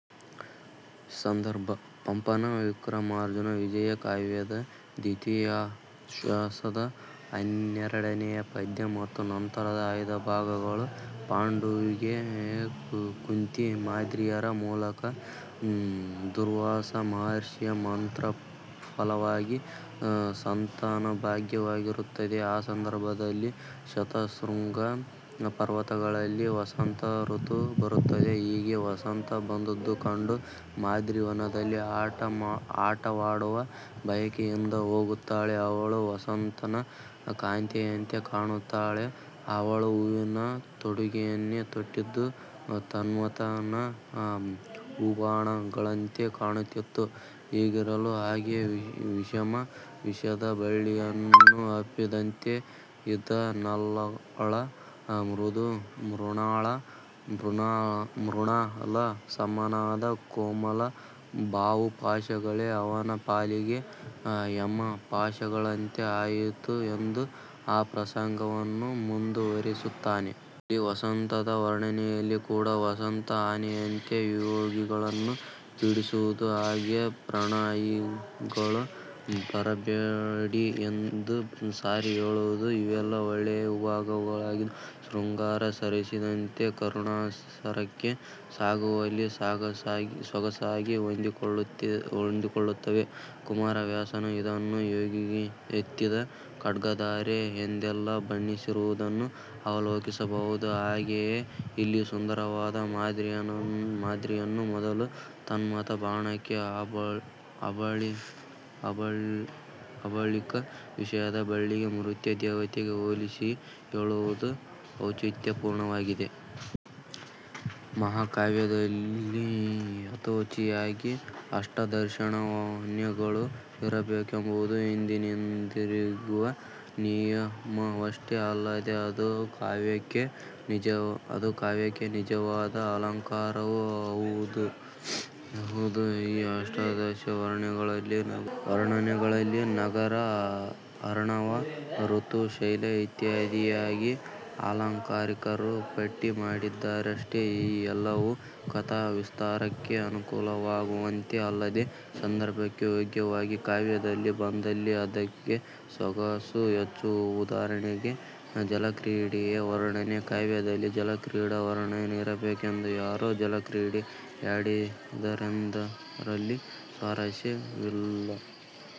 ಸಂದರ್ಭ: ಪಂಪನ ವಿಕ್ರಮಾರ್ಜುನ ವಿಜಯ ಕಾವ್ಯದ ದ್ವಿತೀಯಾಶ್ವಾಸದ ಹನ್ನೆರಡನೆಯ ಪದ್ಯ ಮತ್ತು ನಂತರದ ಆಯ್ದ ಭಾಗಗಳು- ಪಾಂಡುವಿಗೆ ಕುಂತಿಮಾದ್ರಿಯರ ಮೂಲಕ ದೂರ್ವಾಸ ಮಹರ್ಷಿಯ ಮಂತ್ರಫಲವಾಗಿ ಸಂತಾನಭಾಗ್ಯವಾಗಿರುತ್ತದೆ. ಆ ಸಂದರ್ಭದಲ್ಲಿ ಶತಶೃಂಗ ಪರ್ವತಗಳಲ್ಲಿ ವಸಂತ ಋತು ಬರುತ್ತದೆ. ಹೀಗೆ ವಸಂತ ಬಂದದ್ದು ಕಂಡು ಮಾದ್ರಿ ವನದಲ್ಲಿ ಆಟವಾಡುವ ಬಯಕೆಯಿಂದ ಹೋಗುತ್ತಾಳೆ ಅವಳು ವಸಂತನ ಕಾಂತೆಯಂತೆ ಕಾಣುತ್ತಾಳೆ ಅವಳು ಹೂವಿನ ತೊಡುಗೆಯನ್ನೇ ತೊಟ್ಟಿದ್ದು ಮನ್ಮಥನ ಹೂಬಾಣಗಳಂತೆ ಕಾಣುತ್ತಿತ್ತು ಹೀಗಿರಲು ಹಾಗೆ ವಿಷಮ ವಿಷದ ಬಳ್ಳಿಯನ್ನು ಅಪ್ಪಿದಂತೆ ಇದ್ದ ನಲ್ಲಳ ಮೃದು ಮೃಣಾಲ ಸಮನಾದ ಕೋಮಲ ಬಾಹುಪಾಶಗಳೇ ಅವನ ಪಾಲಿಗೆ ಯಮಪಾಶಗಳಂತೆ ಆಯಿತು ಎಂದು ಆ ಪ್ರಸಂಗವನ್ನು ಮುಂದುವರೆಸುತ್ತಾನೆ. ಇಲ್ಲಿ ವಸಂತದ ವರ್ಣನೆಯಲ್ಲಿ ಕೂಡ ವಸಂತ ಆನೆಯಂತೆ ವಿಯೋಗಿಗಳನ್ನು ಪೀಡಿಸುವುದು ಹಾಗೇ ಪ್ರಣಯಿಗಳು ಬರಬೇಡಿ ಎಂದು ಸಾರಿ ಹೇಳುವುದು ಇವೆಲ್ಲ ಒಳ್ಳೆಯ ವಿಭಾವಗಳಾಗಿ ಶೃಂಗಾರ ರಸದಿಂದ ಕರುಣಾರಸಕ್ಕೆ ಸಾಗುವಲ್ಲಿ ಸೊಗಸಾಗಿ ಹೊಂದಿಕೊಳ್ಳುತ್ತವೆ.. ಕುಮಾರವ್ಯಾಸನೂ ಇದನ್ನು ಯೋಗಿಗೆತ್ತಿದ ಖದ್ಗಧಾರೆ ಎಂದೆಲ್ಲ ಬಣ್ಣಿಸಿರುವುದನ್ನು ಅವಲೋಕಿಸಬಹುದು. ಹಾಗೆಯೇ ಇಲ್ಲಿ ಸುಂದರಿಯಾದ ಮಾದ್ರಿಯನ್ನು ಮೊದಲು ಮನ್ಮಥನ ಬಾಣಕ್ಕೆ ಆಬಳಿಕ ವಿಷದ ಬಳ್ಳಿಗೆ ಮೃತ್ಯು ದೇವತೆಗೆ ಹೋಲಿಸಿ ಹೇಳಿರುವುದು ಔಚಿತ್ಯಪೂರ್ಣವಾಗಿದೆ. ಮಹಾಕಾವ್ಯದಲ್ಲಿ ಯಥೋಚಿತವಾಗಿ ಅಷ್ಟಾದಶವರ್ಣನೆಗಳು ಇರಬೇಕೆಂಬುದು ಹಿಂದಿನಿಂದಿರುವ ನಿಯಮವಷ್ಟೇ ಅಲ್ಲದೆ ಅದು ಕಾವ್ಯಕ್ಕೆ ನಿಜವಾದ ಅಲಂಕಾರವೂ ಅಹುದು. ಈ ಅಷ್ಟಾದಶ ವರ್ಣನೆಗಳಲ್ಲಿ ನಗರ, ಅರ್ಣವ, ಋತು, ಶೈಲ ಇತ್ಯಾದಿಯಾಗಿ ಆಲಂಕಾರಿಕರು ಪಟ್ಟಿ ಮಾಡಿದ್ದಾರಷ್ಟೆ. ಈ ಎಲ್ಲವೂ ಕಥಾವಿಸ್ತಾರಕ್ಕೆ ಅನುಕೂಲವಾಗುವಂತೆ ಅಲ್ಲದೇ ಸಂದರ್ಭಕ್ಕೆ ಯೋಗ್ಯವಾಗಿ ಕಾವ್ಯದಲ್ಲಿ ಬಂದಲ್ಲಿ ಅದಕ್ಕೆ ಸೊಗಸು ಹೆಚ್ಚು. ಉದಾಹರಣೆಗೆ ಜಲಕ್ರೀಡೆಯ ವರ್ಣನೆ- ಕಾವ್ಯದಲ್ಲಿ ಜಲಕ್ರೀಡಾ ವರ್ಣನೆ ಇರಬೇಕೆಂದು ಯಾರೋ ಜಲಕ್ರೀಡೆಯಾಡಿದರೆಂದಲ್ಲಿ ಸ್ವಾರಸ್ಯವಿಲ್ಲ.